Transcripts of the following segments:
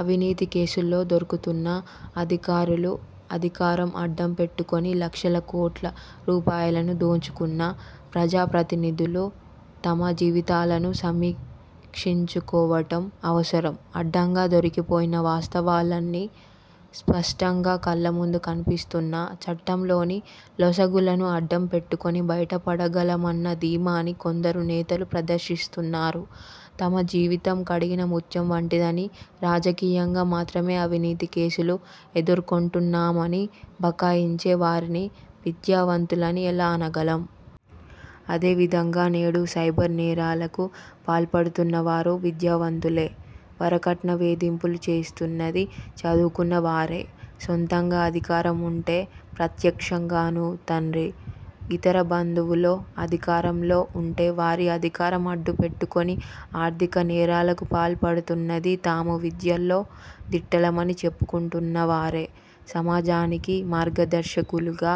అవినీతి కేసుల్లో దొరుకుతున్న అధికారులు, అధికారం అడ్డం పెట్టుకుని లక్షల కోట్ల రూపాయలను దోచుకున్న ప్రజాప్రతినిధులు తమ జీవితాలను సమీక్షించుకోవటం అవసరం. అడ్డంగా దొరికిపోయినా, వాస్తవాలన్నీ స్పష్టంగా కళ్ళముందు కనిపిస్తున్నా చట్టంలోని లొసుగులను అడ్డం పెట్టుకుని బయటపడగలమన్న ధీమాని కొందరు నేతలు ప్రదర్శిస్తున్నారు. తమ జీవితం కడిగిన ముత్యం వంటిదని, రాజకీయంగా మాత్రమే అవినీతి కేసులు ఎదుర్కొంటున్నామని బుకాయించే వారిని విద్యావంతులని ఎలా అనగలం! అదేవిధంగా నేడు సైబర్ నేరాలకు పాల్పడుతున్న వారు విద్యావంతులే. వరకట్న వేధింపులు చేస్తున్నది చదువుకున్న వారే. సొంతగా అధికారం ఉంటే ప్రత్యక్షంగానూ, తండ్రి, ఇతర బంధువులో అధికారంలో ఉంటే వారి అధికారం అడ్డం పెట్టుకుని ఆర్థిక నేరాలకు పాల్పడుతున్నది తాము విద్యలో దిట్టలమని చెప్పుకుంటున్నవారే. సమాజానికి మార్గదర్శకులుగా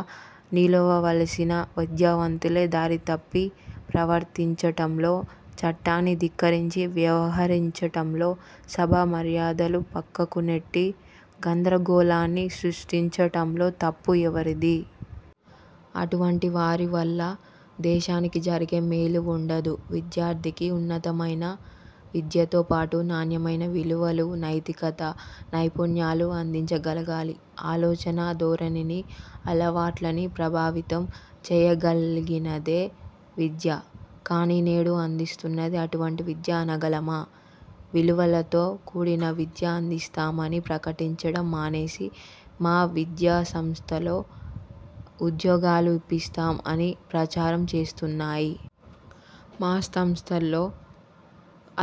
నిలవవలసిన విద్యావంతులే దారితప్పి ప్రవర్తించటంలో, చట్టాన్ని ధిక్కరించి వ్యవహరించటంలో, సభా మర్యాదలు పక్కకునెట్టి గందరగోళాన్ని సృష్టించటంలో తప్పు ఎవరిది? అటువంటి వారి వల్ల దేశానికి జరిగే మేలు వుండదు. విద్యార్థికి ఉన్నతమైన విద్యతో పాటు నాణ్యమైన విలువలు, నైతికత, నైపుణ్యాలు అందించగలగాలి. ఆలోచనా ధోరణిని, అలవాట్లని ప్రభావితం చెయ్యగలిగినదే విద్య. కానీ నేడు అందిస్తున్నది అటువంటి విద్య అనగలమా! విలువలతో కూడిన విద్య అందిస్తామని ప్రకటించటం మానేసి, మా విద్యాసంస్థలో ఉద్యోగాలు ఇప్పిస్తాం అని ప్రచారం చేస్తున్నాయి. మా సంస్థలలో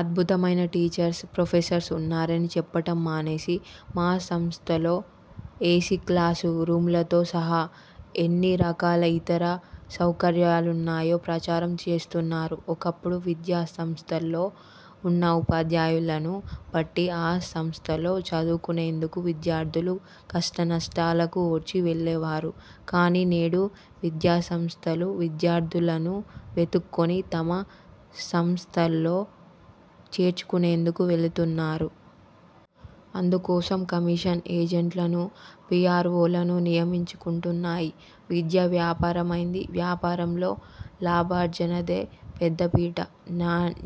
అద్భుతమైన టీచర్స్, ప్రొఫెసర్స్ ఉన్నారని చెప్పటం మానేసి, మా సంస్థలో ఏసీ క్లాసు రూములతో సహా ఎన్ని రకాల ఇతర సౌకర్యాలున్నాయో ప్రచారం చేస్తున్నారు. ఒకప్పుడు విద్యాసంస్థలలో ఉన్న ఉపాధ్యాయులను బట్టి ఆ సంస్థలో చదువుకునేందుకు విద్యార్థులు కష్టనష్టాలకు ఓర్చి వెళ్ళేవారు. కానీ నేడు విద్యాసంస్థలు విద్యార్థులను వెతుక్కుని తమ సంస్థలో చేర్చుకునేందుకు వెళుతున్నాయి. అందుకోసం కమిషన్ ఏజంట్లను, పీఆర్వోలను నియమించుకుంటున్నాయి. విద్య వ్యాపారమైంది. వ్యాపారంలో లాభార్జనదే పెద్ద పీట,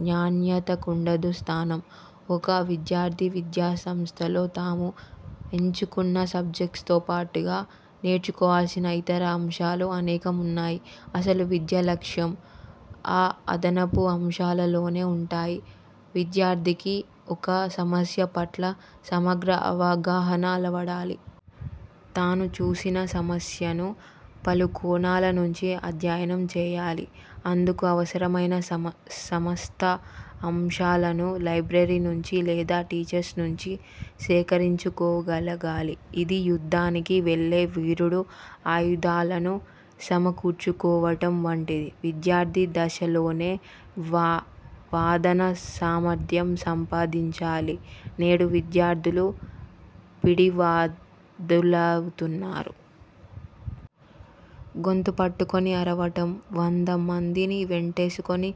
నాణ్యతకుండదు స్థానం. ఒక విద్యార్థి విద్యాసంస్థలో తాను ఎంచుకున్న సబ్జెక్ట్స్తో పాటుగా నేర్చుకోవాల్సిన ఇతర అంశాలు అనేకం ఉన్నాయి. అసలు విద్య లక్ష్యం ఆ అదనపు అంశాలలోనే ఉంటాయి. విద్యార్థికి ఒక సమస్య పట్ల సమగ్ర అవగాహన అలవడాలి. తాను చూసిన సమస్యను పలు కోణాల నుంచి అధ్యయనం చేయాలి. అందుకు అవసరమైన సమస్త అంశాలను లైబ్రరీ నుంచి లేదా టీచర్స్ నుంచి సేకరించుకోగలగాలి. ఇది యుద్ధానికి వెళ్ళే వీరుడు ఆయుధాలను సమకూర్చుకోవటం వంటిది. విద్యార్థి దశలోనే వాదనా సామర్థ్యం సంపాదించాలి. నేడు విద్యార్థులు పిడివాదులవుతున్నారు. గొంతు పెట్టుకుని అరవటం, వందమందిని వెంటేసుకుని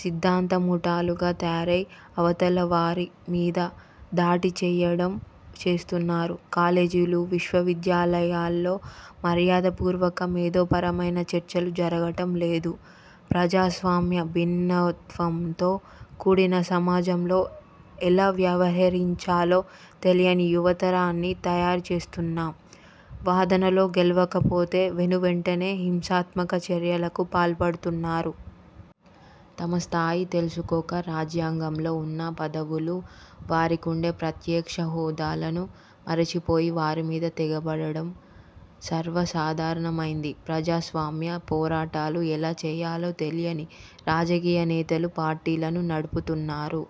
సిద్ధాంత ముఠాలుగా తయారై అవతలివారి మీద దాడి చెయ్యటం చేస్తున్నారు. కాలేజీలు, విశ్వవిద్యాలయాలలో మర్యాదపూర్వక, మేధోపరమైన చర్చలు జరగటం లేదు. ప్రజాస్వామ్య, భిన్నత్వంతో కూడిన సమాజంలో ఎలా వ్యవహరించాలో తెలియని యువతరాన్ని తయారుచేస్తున్నాం. వాదనలో గెలవలేకపోతే వెనువెంటనే హింసాత్మక చర్యలకు పాల్పడుతున్నారు. తమస్థాయి తెలుసుకోక, రాజ్యాంగంలో ఉన్న పదవులు వారికుండే ప్రత్యేక హోదాలను మరచిపోయి వారి మీద తెగబడటం సర్వసాధారణమైంది. ప్రజాస్వామ్య పోరాటాలు ఎలా చెయ్యాలో తెలియని రాజకీయ నేతలు పార్టీలను నడుపుతున్నారు.